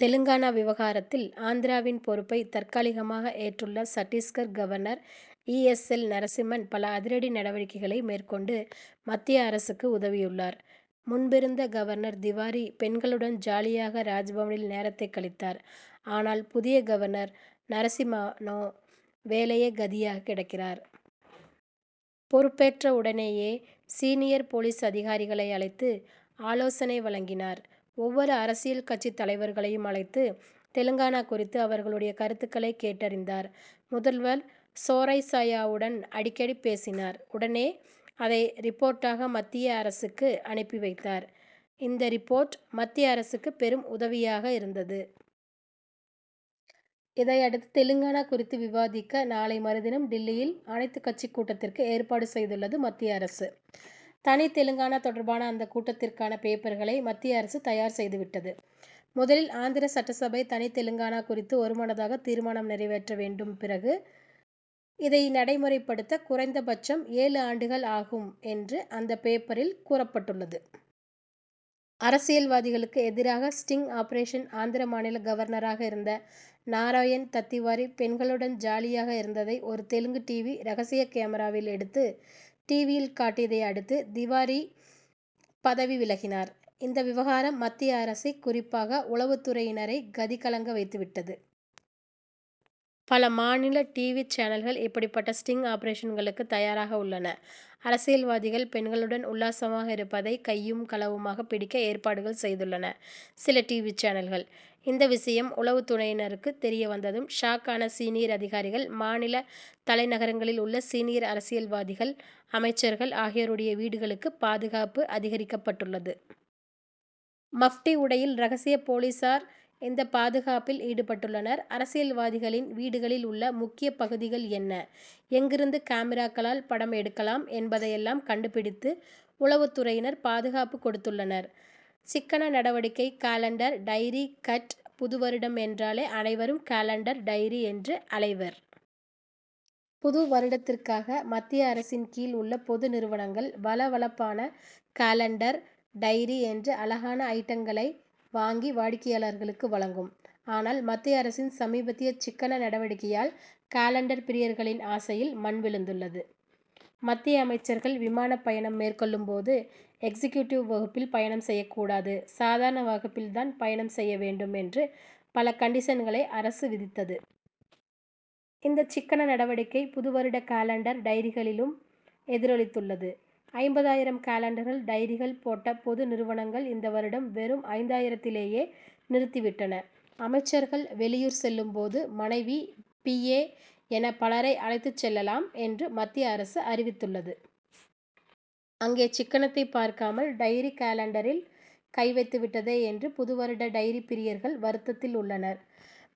தெலுங்கானா விவகாரத்தில், ஆந்திராவின் பொறுப்பை தற்காலிகமாக ஏற்றுள்ள Chhattisgarh governor E. S. L. Narasimhan, பல அதிரடி நடவடிக்கைகளை மேற்கொண்டு, மத்திய அரசுக்கு உதவியுள்ளார். முன்பிருந்த கவர்னர் திவாரி, பெண்களுடன் ஜாலியாக ராஜ்பவனில் நேரத்தை கழித்தார். ஆனால், புதிய கவர்னர் நரசிம்மனோ வேலையே கதியாக கிடக்கிறார். பொறுப்பேற்ற உடனேயே, சீனியர் போலீஸ் அதிகாரிகளை அழைத்து ஆலோசனைகளை வழங்கினார். ஒவ்வொரு அரசியல் கட்சித் தலைவர்களையும் அழைத்து, தெலுங்கானா குறித்து அவர்களுடைய கருத்துக்களை கேட்டறிந்தார். முதல்வர் சோரைசாவுடனும் அடிக்கடி பேசினார். உடனே அதை ரிப்போர்ட்டாக மத்திய அரசுக்கு அனுப்பி வைத்தார். இந்த ரிப்போர்ட், மத்திய அரசுக்கு பெரும் உதவியாக இருந்தது. இதையெடுத்து, தெலுங்கானா குறித்து விவாதிக்க, நாளை மறுதினம் டில்லியில் அனைத்துக் கட்சிக் கூட்டத்திற்கு ஏற்பாடு செய்துள்ளது மத்திய அரசு. தனி தெலுங்கானா தொடர்பான அந்த கூட்டத்திற்கான பேப்பர்களை மத்திய அரசு தயார் செய்துவிட்டது. முதலில் ஆந்திர சட்டசபை தனி தெலுங்கானா குறித்து ஒருமனதாக தீர்மானம் நிறைவேற்ற வேண்டும் பிறகு, இதை நடைமுறை படுத்த குறைந்த பட்சம் ஏழு ஆண்டுகள் ஆகும் என்று அந்த பேப்பரில் கூறப்பட்டுள்ளது. அரசியல்வாதிகளுக்கு எதிராக ஸ்டிங் ஆபரேஷன் ஆந்திர மாநில கவர்னராக இருந்த நாராயண் தத்திவாரி, பெண்களுடன் ஜாலியாக இருந்ததை, ஒரு தெலுங்கு 'டிவி' ரகசிய கேமிராவில் எடுத்து, டிவியில் காட்டியதை அடுத்து, திவாரி பதவி விலகினார். இந்த விவகாரம் மத்திய அரசை குறிப்பாக உளவுத் துறையினரை கதி கலங்க வைத்துவிட்டது. பல மாநில 'டிவி' சேனல்கள், இப்படிப்பட்ட ஸ்டிங் ஆபரேஷன்களுக்கு தயாராக உள்ளன. அரசியல்வாதிகள் பெண்களுடன் உல்லாசமாக இருப்பதை கையும், களவுமாக பிடிக்க ஏற்பாடுகள் செய்துள்ளன சில 'டிவி' சேனல்கள். இந்த விஷயம் உளவுத் துறையினருக்கு தெரிய வந்ததும் 'ஷாக்' ஆன சீனியர் அதிகாரிகள். மாநில தலைநகரங்களில் உள்ள சீனியர் அரசியல்வாதிகள் அமைச்சர்கள் ஆகியோருடைய வீடுகளுக்கு, பாதுகாப்பு அதிகரிக்கப்பட்டுள்ளது. மப்டி உடையில் ரகசிய போலீசார் இந்த பாதுகாப்பில் ஈடுபட்டுள்ளனர். அரசியல்வாதிகளின் வீடுகளில் உள்ள முக்கிய பகுதிகள் என்ன? எங்கிருந்து காமிராக்களால் படம் எடுக்கலாம் என்பதையெல்லாம் கண்டுபிடித்து, உளவுத் துறையினர் பாதுகாப்பு கொடுத்துள்ளனர். சிக்கன நடவடிக்கை காலண்டர், டைரி 'கட்' புது வருடம் என்றாலே அனைவரும் காலண்டர், டைரி என்று அலைவர். புது வருடத்திற்காக மத்திய அரசின் கீழ் உள்ள பொது நிறுவனங்கள் வழ வழப்பான காலண்டர், டைரி என்று அழகான அயிட்டங்களை வாங்கி, வாடிக்கையாளர்களுக்கு வழங்கும். ஆனால், மத்திய அரசின் சமீபத்திய சிக்கன நடவடிக்கையால், காலண்டர் பிரியர்களின் ஆசையில் மண் விழுந்துள்ளது. 'மத்திய அமைச்சர்கள் விமானப் பயணம் மேற்கொள்ளும் போது எக்சிகியூடிவ் வகுப்பில் பயணம் செய்யக்கூடாது சாதாரண வகுப்பில் தான் பயணம் செய்ய வேண்டும்' என்று, பல கண்டிஷன்களை அரசு விதித்தது. இந்த சிக்கன நடவடிக்கை புது வருட காலண்டர், டைரிகளிலும் எதிரொலித்துள்ளது. ஐம்பதாயிரம் காலண்டர்கள், டைரிகள் போட்ட பொது நிறுவனங்கள், இந்த வருடம் வெறும் ஐந்தாயிரத்திலேயே நிறுத்திவிட்டன. 'அமைச்சர்கள் வெளியூர் செல்லும் போது மனைவி, பி. ஏ. என பலரை அழைத்துச் செல்லலாம் என்று, மத்திய அரசு அறிவித்துள்ளது. அங்கே சிக்கனத்தைப் பார்க்காமல் டைரி, காலண்டரில் கை வைத்துவிட்டதே என்று புது வருட டைரி பிரியர்கள் வருத்தத்தில் உள்ளனர்.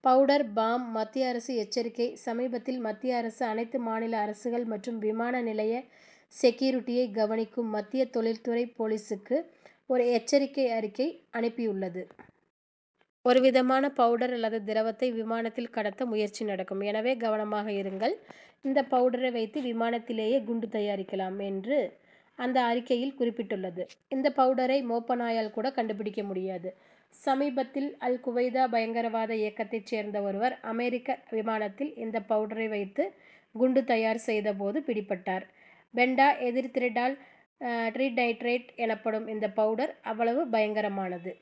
'பவுடர் பாம்' மத்திய அரசு எச்சரிக்கை சமீபத்தில் மத்திய அரசு, அனைத்து மாநில அரசுகள் மற்றும் விமான நிலைய செக்யூரிடியை கவனிக்கும் மத்திய தொழில்துறை போலீசுக்கு ஒரு எச்சரிக்கை அறிக்கை அனுப்பியுள்ளது. ஒரு விதமான பவுடர் அல்லது திரவத்தை விமானத்தில் கடத்த முயற்சி நடக்கும். எனவே கவனமாக இருங்கள். இந்த பவுடரை வைத்து விமானத்திலேயே குண்டு தயாரிக்கலாம்' என்று அந்த அறிக்கையில் குறிப்பிட்டுள்ளது. இந்த பவுடரை மோப்ப நாயால் கூட கண்டுபிடிக்க முடியாது. சமீபத்தில், அல் குவைதா பயங்கரவாத இயக்கத்தைச் சேர்ந்த ஒருவர், அமெரிக்க விமானத்தில் இந்த பவுடரை வைத்து குண்டு தயார் செய்த போது பிடிபட்டார். பென்டா எரிதிரிடால் டிரிநைட்ரேட் எனப்படும் இந்த பவுடர் அவ்வளவு பயங்கரமானது.